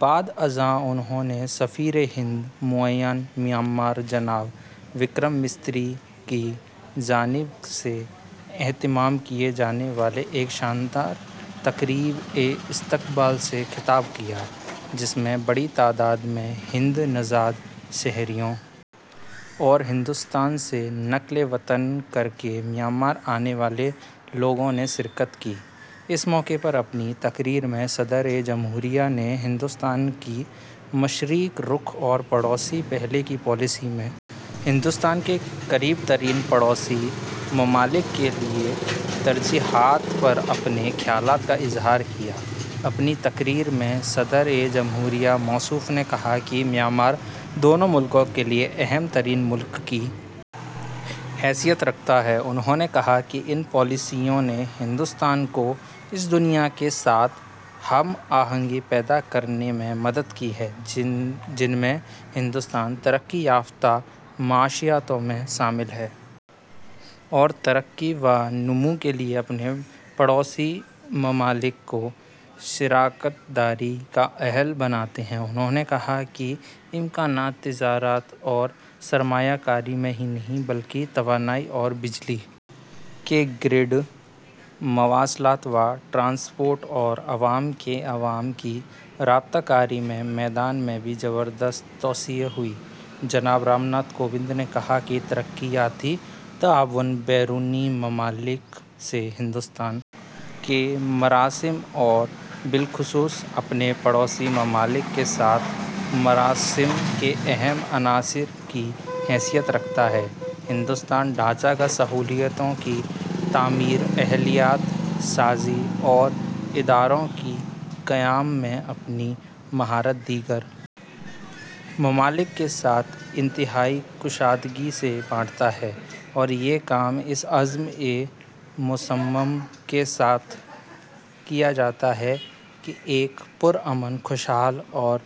بعد ازاں انہوں نے سفیر ہند متعینہ میانمار جناب وکرم مسری کی جانب سے اہتمام کیے جانے والے ایک شاندار تقریب استقبالیہ سے خطاب کیا جس میں بڑی تعداد میں ہند نژاد شہریوں اور ہندوستان سے نقل وطن کر کے میانمار آنے والے لوگوں نے شرکت کی اس موقع پر اپنی تقریر میں صدر جمہوریہ نے ہندوستان کی مشرق رخ اور پڑوسی پہلے کی پالیسیوں میں ہندوستان کے قریب ترین پڑوسی ممالک کے لیے ترجیحات پر اپنے خیالات کا اظہار کیا اپنی تقریر میں صدر جمہوریہ موصوف نے کہا کہ میانمار دونوں ملکوں کے لیے اہم ترین ملک کی حیثیت رکھتا ہے انہوں نے کہا کہ ان پالیسیوں نے ہندوستان کو اس دنیا کے ساتھ ہم آہنگی پیدا کرنے میں مدد کی ہے جن میں ہندوستان ترقی یافتہ معیشتوں میں شامل ہے اور ترقی و نمو کے لیے اپنے پڑوسی ممالک کو شراکت داری کا اہل بناتے ہیں انہوں نے کہا کہ امکانات میں تجارت اور سرمایہ کاری میں ہی نہیں بلکہ توانائی اور بجلی کے گرڈ مواصلات و ٹرانسپورٹ اور عوام سے عوام کی رابطہ کاری کے میدان میں بھی زبردست توسیع ہوئی ہے جناب رام ناتھ کووند نے کہا کہ ترقیاتی تعاون بیرونی ممالک سے ہندوستان کے مراسم اور بالخصوص اپنے پڑوسی ممالک کے ساتھ مراسم کے اہم عنصر کی حیثیت رکھتا ہے ہندوستان ڈھانچہ جاتی سہولیات کی تعمیر اہلیت سازی اور اداروں کے قیام میں اپنی مہارت دیگر ممالک کے ساتھ انتہائی کشادگی سے بانٹتا ہے اور یہ کام اس عزم مصمم کے ساتھ کیا جاتا ہے کہ ایک پرامن خوشحال اور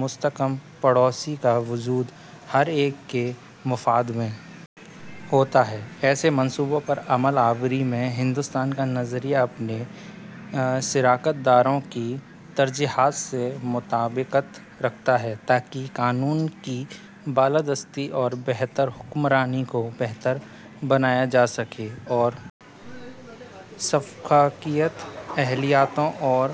مستحکم پڑوسی کا وجود ہر ایک کے مفاد میں ہوتا ہے ایسے منصوبوں پر عمل آوری میں ہندوستان کا نظریہ اپنے شراکت داروں کی ترجیحات سے مطابقت رکھتا ہے تاکہ قانون کی بالادستی اور بہتر حکمرانی کو بہتر بنایا جا سکے اور شفافیت اہلیتوں اور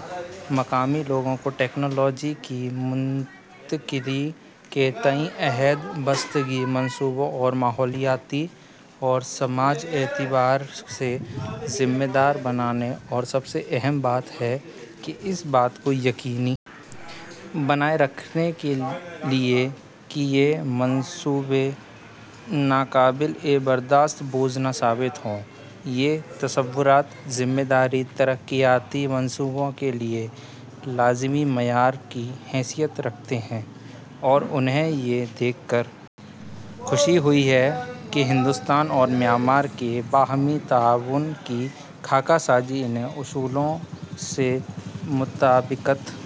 مقامی لوگوں ٹیکنالوجی کی منتقلی کے تئیں عہد بستگی منصوبوں کو ماحولیاتی اور سماجی اعتبار سے ذمہ دار بنانے اور سب سے اہم بات یہ کہ اس بات کو یقینی بنائے رکھنے کے لیے کہ یہ منصوبے ناقابل برداشت بوجھ نہ ثابت ہوں یہ تصورات ذمہ دار ترقیاتی منصوبوں کے لیے لازمی معیار واحد کی حیثیت رکھتا ہے اور انہیں یہ دیکھ کر خوشی ہوئی ہے کہ ہندوستان اور میانمار کے باہمی تعاون کی خاکہ سازی انہی اصولوں سے مطابقت